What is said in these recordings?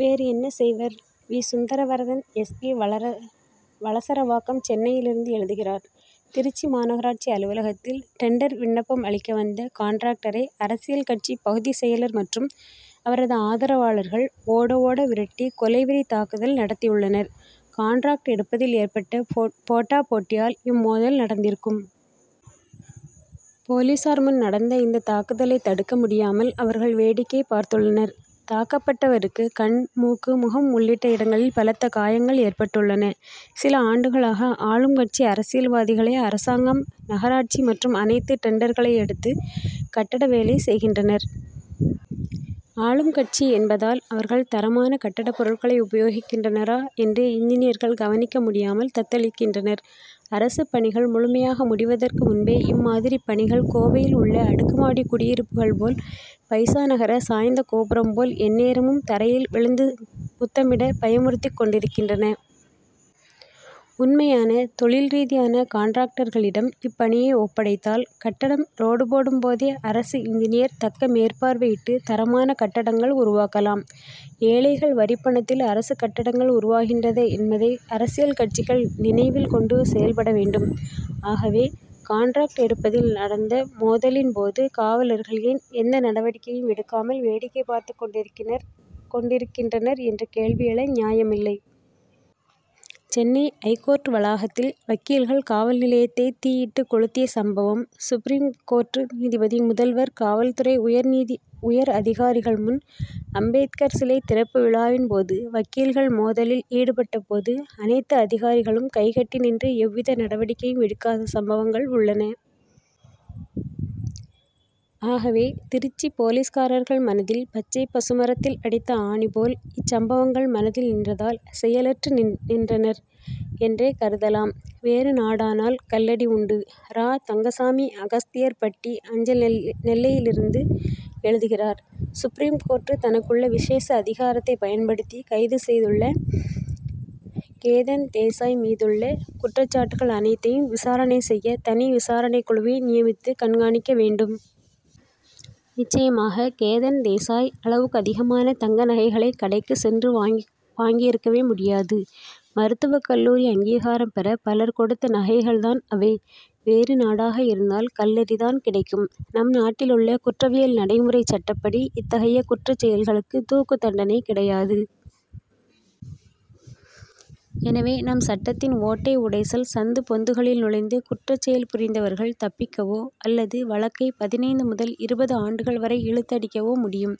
வேறு என்ன செய்வர்? V. Sundaravaradan S. P. Valasaravakkam சென்னையிலிருந்து எழுதுகிறார் திருச்சி மாநகராட்சி அலுவலகத்தில் டெண்டர் விண்ணப்பம் அளிக்க வந்த கான்ட்ராக்டரை அரசியல் கட்சி பகுதி செயலர் மற்றும் அவரது ஆதரவாளர்கள் ஓட ஓட விரட்டி கொலைவெறி தாக்குதல் நடத்தியுள்ளனர். கான்ட்ராக்ட் எடுப்பதில் ஏற்பட்ட போட்டா போட்டியால் இம்மோதல் நடந்திருக்கும். போலீசார் முன் நடந்த இந்த தாக்குதலை தடுக்க முடியாமல் அவர்கள் வேடிக்கை பார்த்துள்ளனர். தாக்கப்பட்டவருக்கு கண் மூக்கு முகம் உள்ளிட்ட இடங்களில் பலத்த காயங்கள் ஏற்பட்டுள்ளன. சில ஆண்டுகளாக ஆளும் கட்சி அரசியல்வாதிகளே அரசாங்கம் நகராட்சி மற்றும் அனைத்து டெண்டர்களை எடுத்து கட்டட வேலை செய்கின்றனர். ஆளும் கட்சி என்பதால் அவர்கள் தரமான கட்டட பொருட்களை உபயோகிக்கின்றனரா என்று இன்ஜினியர்கள் கவனிக்க முடியாமல் தத்தளிக்கின்றனர். அரசு பணிகள் முழுமையாக முடிவதற்கு முன்பே இம்மாதிரிப் பணிகள் கோவையில் உள்ள அடுக்கு மாடி குடியிருப்புகள் போல் பைசா நகர சாய்ந்த கோபுரம் போல் எந்நேரமும் தரையில் விழுந்து முத்தமிட பயமுறுத்திக் கொண்டிருக்கின்றன. உண்மையான தொழில் ரீதியான கான்ட்ராக்டர்களிடம் இப்பணியை ஒப்படைத்தால் கட்டடம் ரோடு போடும் போதே அரசு இன்ஜினியர் தக்க மேற்பார்வையிட்டு தரமான கட்டடங்கள் உருவாக்கலாம். ஏழைகள் வரிப்பணத்தில் அரசு கட்டடங்கள் உருவாகின்றன என்பதை அரசியல் கட்சிகள் நினைவில் கொண்டு செயல்பட வேண்டும். ஆகவே கான்ட்ராக்ட் எடுப்பதில் நடந்த மோதலின் போது காவலர்கள் ஏன் எந்த நடவடிக்கையும் எடுக்காமல் வேடிக்கை பார்த்துக் கொண்டிருக்கிறனர் கொண்டிருக்கின்றனர் என்ற கேள்வி எழ நியாயமில்லை. சென்னை ஐகோர்ட் வளாகத்தில் வக்கீல்கள் காவல் நிலையத்தை தீயிட்டு கொளுத்திய சம்பவமும் சுப்ரீம் கோர்ட் நீதிபதி முதல்வர் காவல்துறை உயர் அதிகாரிகள் முன் அம்பேத்கர் சிலை திறப்பு விழாவின் போது வக்கீல்கள் மோதலில் ஈடுபட்ட போது அனைத்து அதிகாரிகளும் கைகட்டி நின்று எவ்வித நடவடிக்கையும் எடுக்காத சம்பவங்கள் உள்ளன. ஆகவே திருச்சி போலீஸ்காரர்கள் மனதில் பச்சை பசு மரத்தில் அடித்த ஆணி போல் இச்சம்பவங்கள் மனதில் நின்றதால் செயலற்று நின்றனர் என்றே கருதலாம். வேறு நாடானால் கல்லடி உண்டு! ரா. தங்கசாமி அகஸ்தியர் பட்டி அஞ்சல் நெல்லையிலிருந்து எழுதுகிறார் சுப்ரீம் கோர்ட் தனக்குள்ள விசேஷ அதிகாரத்தை பயன்படுத்தி கைது செய்துள்ள கேதன் தேசாய் மீதுள்ள குற்றச் சாட்டுகள் அனைத்தையும் விசாரணை செய்ய தனி விசாரணைக் குழுவை நியமித்து கண்காணிக்க வேண்டும். நிச்சயமாக கேதன் தேசாய் அளவுக்கதிகமான தங்க நகைகளை கடைக்கு சென்று வாங்கி வாங்கி இருக்கவே முடியாது. மருத்துவக் கல்லூரி அங்கீகாரம் பெற பலர் கொடுத்த நகைகள் தான் அவை. வேறு நாடாக இருந்தால் கல்லெறிதான் கிடைக்கும். நம் நாட்டிலுள்ள குற்றவியல் நடைமுறைச் சட்டப்படி இத்தகைய குற்றச் செயல்களுக்கு தூக்கு தண்டனை கிடையாது. எனவே நம் சட்டத்தின் ஓட்டை உடைசல் சந்து பொந்துகளில் நுழைந்து குற்றச்செயல் புரிந்தவர்கள் தப்பிக்கவோ அல்லது வழக்கை பதினைந்து முதல் இருபது ஆண்டுகள் வரை இழுத்தடிக்கவோ முடியும்.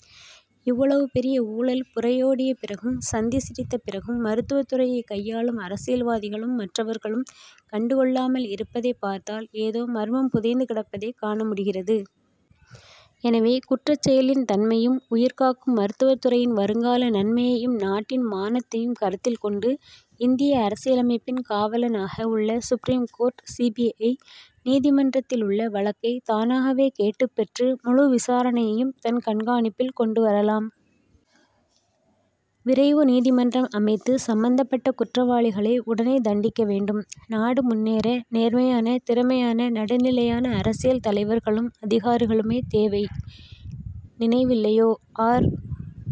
இவ்வளவு பெரிய ஊழல் புரையோடிய பிறகும் சந்தி சிரித்த பிறகும் மருத்துவத்துறையை கையாளும் அரசியல்வாதிகளும் மற்றவர்களும் கண்டு கொள்ளாமல் இருப்பதை பார்த்தால் ஏதோ மர்மம் புதைந்து கிடப்பதை காண முடிகிறது. எனவே குற்றச் செயலின் தன்மையும் உயிர் காக்கும் மருத்துவத்துறையின் வருங்கால நன்மையையும் நாட்டின் மானத்தையும் கருத்தில் கொண்டு இந்திய அரசியலமைப்பின் காவலனாக உள்ள supreme court C. B. I. நீதிமன்றத்திலுள்ள வழக்கை தானாகவே கேட்டுப் பெற்று முழு விசாரணையையும் தன் கண்காணிப்பில் கொண்டு வரலாம். விரைவு நீதிமன்றம் அமைத்து சம்பந்தப்பட்ட குற்றவாளிகளை உடனே தண்டிக்க வேண்டும். நாடு முன்னேற நேர்மையான திறமையான நடுநிலையான அரசியல் தலைவர்களும் அதிகாரிகளுமே தேவை. நினைவில்லையோ? ஆர்.